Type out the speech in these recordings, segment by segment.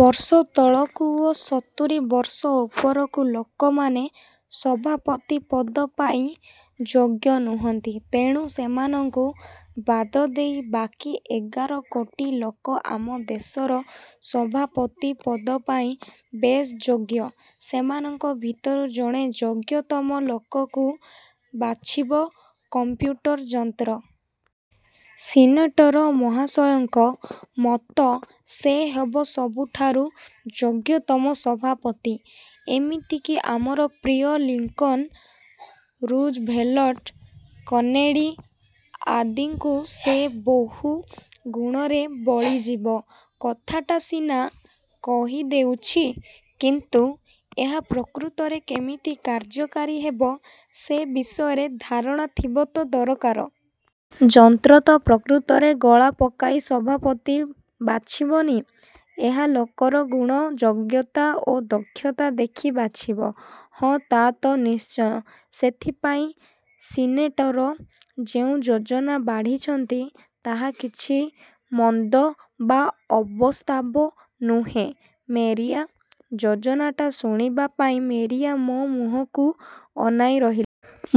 ବର୍ଷ ତଳକୁ ଓ ସତୁରୀ ବର୍ଷ ଉପରକୁ ଲୋକମାନେ ସଭାପତି ପଦ ପାଇଁ ଯୋଗ୍ୟ ନୁହଁନ୍ତି। ତେଣୁ ସେମାନଙ୍କୁ ବାଦ ଦେଇ ବାକି ଏଗାର କୋଟି ଲୋକ ଆମ ଦେଶର ସଭାପତି ପଦପାଇଁ ବେଶ ଯୋଗ୍ୟ। ସେମାନଙ୍କ ଭିତରୁ ଜଣେ ଯୋଗ୍ୟତମ ଲୋକକୁ ବାଛିବ କମ୍ପ୍ୟୁଟର ଯନ୍ତ୍ର। ସିନେଟର ମହାଶୟଙ୍କ ମତ ସେ ହେବ ସବୁଠାରୁ ଯୋଗ୍ୟତମ ସଭାପତି। ଏମିତିକି ଆମର ପ୍ରିୟ ଲିଙ୍କନ୍, ରୁଜଭେଲଟ୍, କେନେଡ଼ି ଆଦିଙ୍କୁ ସେ ବହୁ ଗୁଣରେ ବଳିଯିବ। କଥାଟା ସିନା କହିଦେଉଛି କିନ୍ତୁ ଏହା ପ୍ରକୃତରେ କେମିତି କାର୍ଯ୍ୟକାରୀ ହେବ, ସେ ବିଷୟରେ ଧାରଣା ଥିବ ତ ଦରକାର। ଯନ୍ତ୍ର ତ ପ୍ରକୃତରେ ଗୋଳା ପକାଇ ସଭାପତି ବାଛିବନି। ଏହା ଲୋକର ଗୁଣ ଯୋଗ୍ୟତା ଓ ଦକ୍ଷତା ଦେଖି ବାଛିବ। ହଁ ତା ତ ନିଶ୍ଚୟ। ସେଥିପାଇଁ ସିନେଟର ଯେଉଁ ଯୋଜନା ବାଢ଼ିଛନ୍ତି ତାହା କିଛି ମନ୍ଦ ବା ଅବସ୍ତବ ନୁହେଁ ମେରିଆ। ଯୋଜନାଟା ଶୁଣିବା ପାଇଁ ମେରିଆ ମୋ ମୁହଁକୁ ଆନାଇ ରହିଲ୍।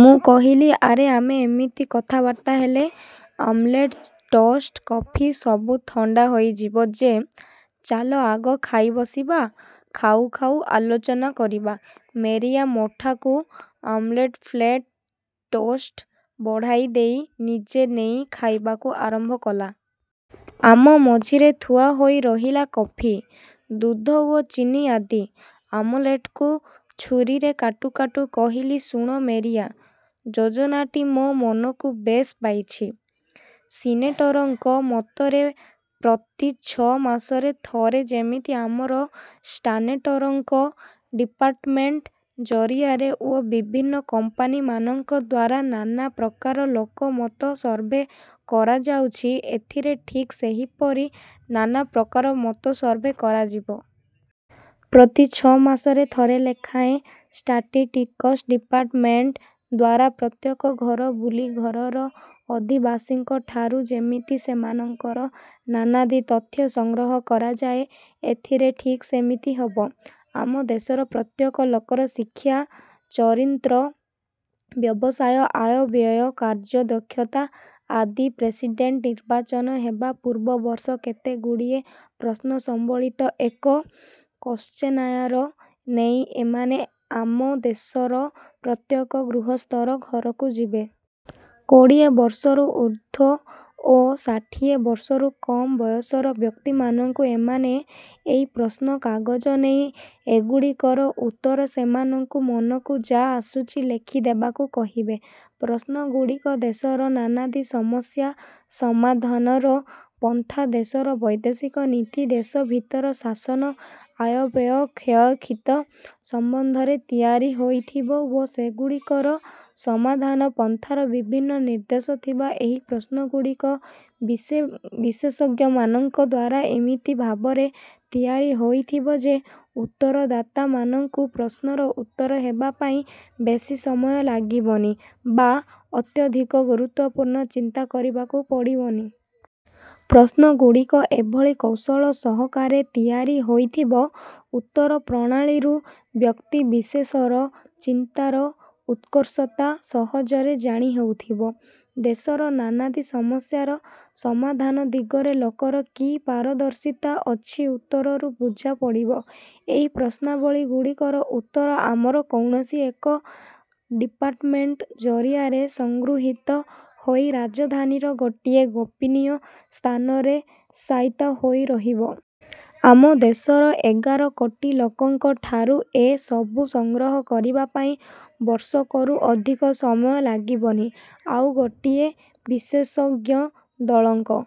ମୁଁ କହିଲି ଆରେ ଆମେ ଏମିତି କଥାବାର୍ତ୍ତା ହେଲେ ଆମଲେଟ୍, ଟୋଷ୍ଟ, କଫି ସବୁ ଥଣ୍ଡା ହୋଇଯିବ ଯେ। ଚାଲ ଆଗ ଖାଇ ବସିବା ଖାଉ ଖାଉ ଆଲୋଚନା କରିବା। ମେରିଆ ମୋଠାକୁ ଆମଲେଟ ପ୍ଲେଟ୍ ଟୋଷ୍ଟ ବଢ଼ାଇଦେଇ ନିଜେ ନେଇ ଖାଇବାକୁ ଆରମ୍ଭ କଲା। ଆମ ମଝିରେ ଥୁଆ ହୋଇ ରହିଲା କଫି, ଦୁଧ ଓ ଚିନି ଆଦି। ଆମଲେଟ୍ କୁ ଛୁରୀରେ କାଟୁ କାଟୁ କହିଲି ଶୁଣ ମେରିଆ ଯୋଜନାଟି ମୋ ମନକୁ ବେଶ ପାଇଛି। ସିନେଟରଙ୍କ ମତରେ ପ୍ରତି ଛ ମାସରେ ଥରେ ଯେମିତି ଆମର ଷ୍ଟାନେଟରଙ୍କ ଡିପାର୍ଟମେଣ୍ଟ ଜରିଆରେ ଓ ବିଭିନ୍ନ କମ୍ପାନୀମାନଙ୍କ ଦ୍ୱାରା ନାନା ପ୍ରକାର ଲୋକମତ ସର୍ଭେ କରାଯାଉଛି। ଏଥିରେ ଠିକ୍ ସେହିପରି ନାନାପ୍ରକାର ମତ ସର୍ଭେ କରାଯିବ। ପ୍ରତି ଛ ମାସରେ ଥରେ ଲେଖାଁଏ ଷ୍ଟାଟିଟିକସ ଡିପାର୍ଟମାଣ୍ଟ ଦ୍ୱାରା ପ୍ରତ୍ୟେକ ଘର ବୁଲି ଘରର ଅଧିବାସୀଙ୍କଠାରୁ ଯେମିତି ସେମାନଙ୍କର ନାନାଦି ତଥ୍ୟ ସଂଗ୍ରହ କରାଯାଏ। ଏଥିରେ ଠିକ୍ ସେମିତି ହବ। ଆମ ଦେଶର ପ୍ରତ୍ୟେକ ଲୋକର ଶିକ୍ଷା, ଚରିନ୍ତ୍ର, ବ୍ୟବସାୟ, ଆୟ, ବ୍ୟୟ, କାର୍ଯ୍ୟଦକ୍ଷତା ଆଦି ପ୍ରେସିଡେଣ୍ଟ ନିର୍ବାଚନ ହେବା ପୂର୍ବ ବର୍ଷ କେତେଗୁଡ଼ିଏ ପ୍ରଶ୍ନସମ୍ବଳିତ ଏକ କୋଶ୍ଚେନାୟାର ନେଇ ଏମାନେ ଆମ ଦେଶର ପ୍ରତ୍ୟେକ ଗୃହସ୍ଥର ଘରକୁ ଯିବେ। କୋଡ଼ିଏ ବର୍ଷରୁ ଊର୍ଦ୍ଧ୍ୱ ଓ ଷାଠିଏ ବର୍ଷରୁ କମ୍ ବୟସର ବ୍ୟକ୍ତିମାନଙ୍କୁ ଏମାନେ ଏଇ ପ୍ରଶ୍ନ କାଗଜ ନେଇ ଏଗୁଡ଼ିକର ଉତ୍ତର ସେମାନଙ୍କୁ ମନକୁ ଯା ଆସୁଛି ଲେଖି ଦେବାକୁ କହିବେ। ପ୍ରଶ୍ନଗୁଡ଼ିକ ଦେଶର ନାନାଦି ସମସ୍ୟା ସମାଧନର ପନ୍ଥା। ଦେଶର ବୈଦେଶିକ ନୀତି, ଦେଶ ଭିତର ଶାସନ, ଆୟବ୍ୟୟ କ୍ଷୟକ୍ଷିତ ସମ୍ବନ୍ଧରେ ତିଆରି ହୋଇଥିବ ଓ ସେଗୁଡ଼ିକର ସମାଧାନ ପନ୍ଥାର ବିଭିନ୍ନ ନିର୍ଦ୍ଦେଶ ଥିବା ଏହି ପ୍ରଶ୍ନଗୁଡ଼ିକ ବିଶେଷଜ୍ଞମାନଙ୍କ ଦ୍ୱାରା ଏମିତି ଭାବରେ ତିଆରି ହୋଇଥିବ ଯେ ଉତ୍ତରଦାତାମାନଙ୍କୁ ପ୍ରଶ୍ନର ଉତ୍ତର ହେବା ପାଇଁ ବେଶୀ ସମୟ ଲାଗିବନି ବା ଅତ୍ୟଧିକ ଗୁରୁତ୍ୱପୂର୍ଣ୍ଣ ଚିନ୍ତା କରିବାକୁ ପଡ଼ିବନି। ପ୍ରଶ୍ନଗୁଡ଼ିକ ଏଭଳି କୌଶଳ ସହକାରେ ତିଆରି ହୋଇଥିବ ଉତ୍ତର ପ୍ରଣାଳୀରୁ ବ୍ୟକ୍ତି ବିଶେଷର ଚିନ୍ତାର ଉତ୍କର୍ଷତା ସହଜରେ ଜାଣି ହେଉଥିବ। ଦେଶର ନାନାଦି ସମସ୍ୟାର ସମାଧାନ ଦିଗରେ ଲୋକର କି ପାରଦର୍ଶିତା ଅଛି ଉତ୍ତରରୁ ବୁଝା ପଡ଼ିବ। ଏଇ ପ୍ରଶ୍ନାବଳୀ ଗୁଡ଼ିକର ଉତ୍ତର ଆମର କୌଣସି ଏକ ଡିପାର୍ଟମେଣ୍ଟ ଜରିଆରେ ସଂଗୃହୀତ ହୋଇ ରାଜଧାନୀର ଗୋଟିଏ ଗୋପୀନୀୟ ସ୍ଥାନରେ ସାଇତା ହୋଇ ରହିବ। ଆମ ଦେଶର ଏଗାର କୋଟି ଲୋକଙ୍କଠାରୁ ଏ ସବୁ ସଂଗ୍ରହ କରିବା ପାଇଁ ବର୍ଷକରୁ ଅଧିକ ସମୟ ଲାଗିବନି। ଆଉ ଗୋଟିଏ ବିଶେଷଜ୍ଞ ଦଳଙ୍କ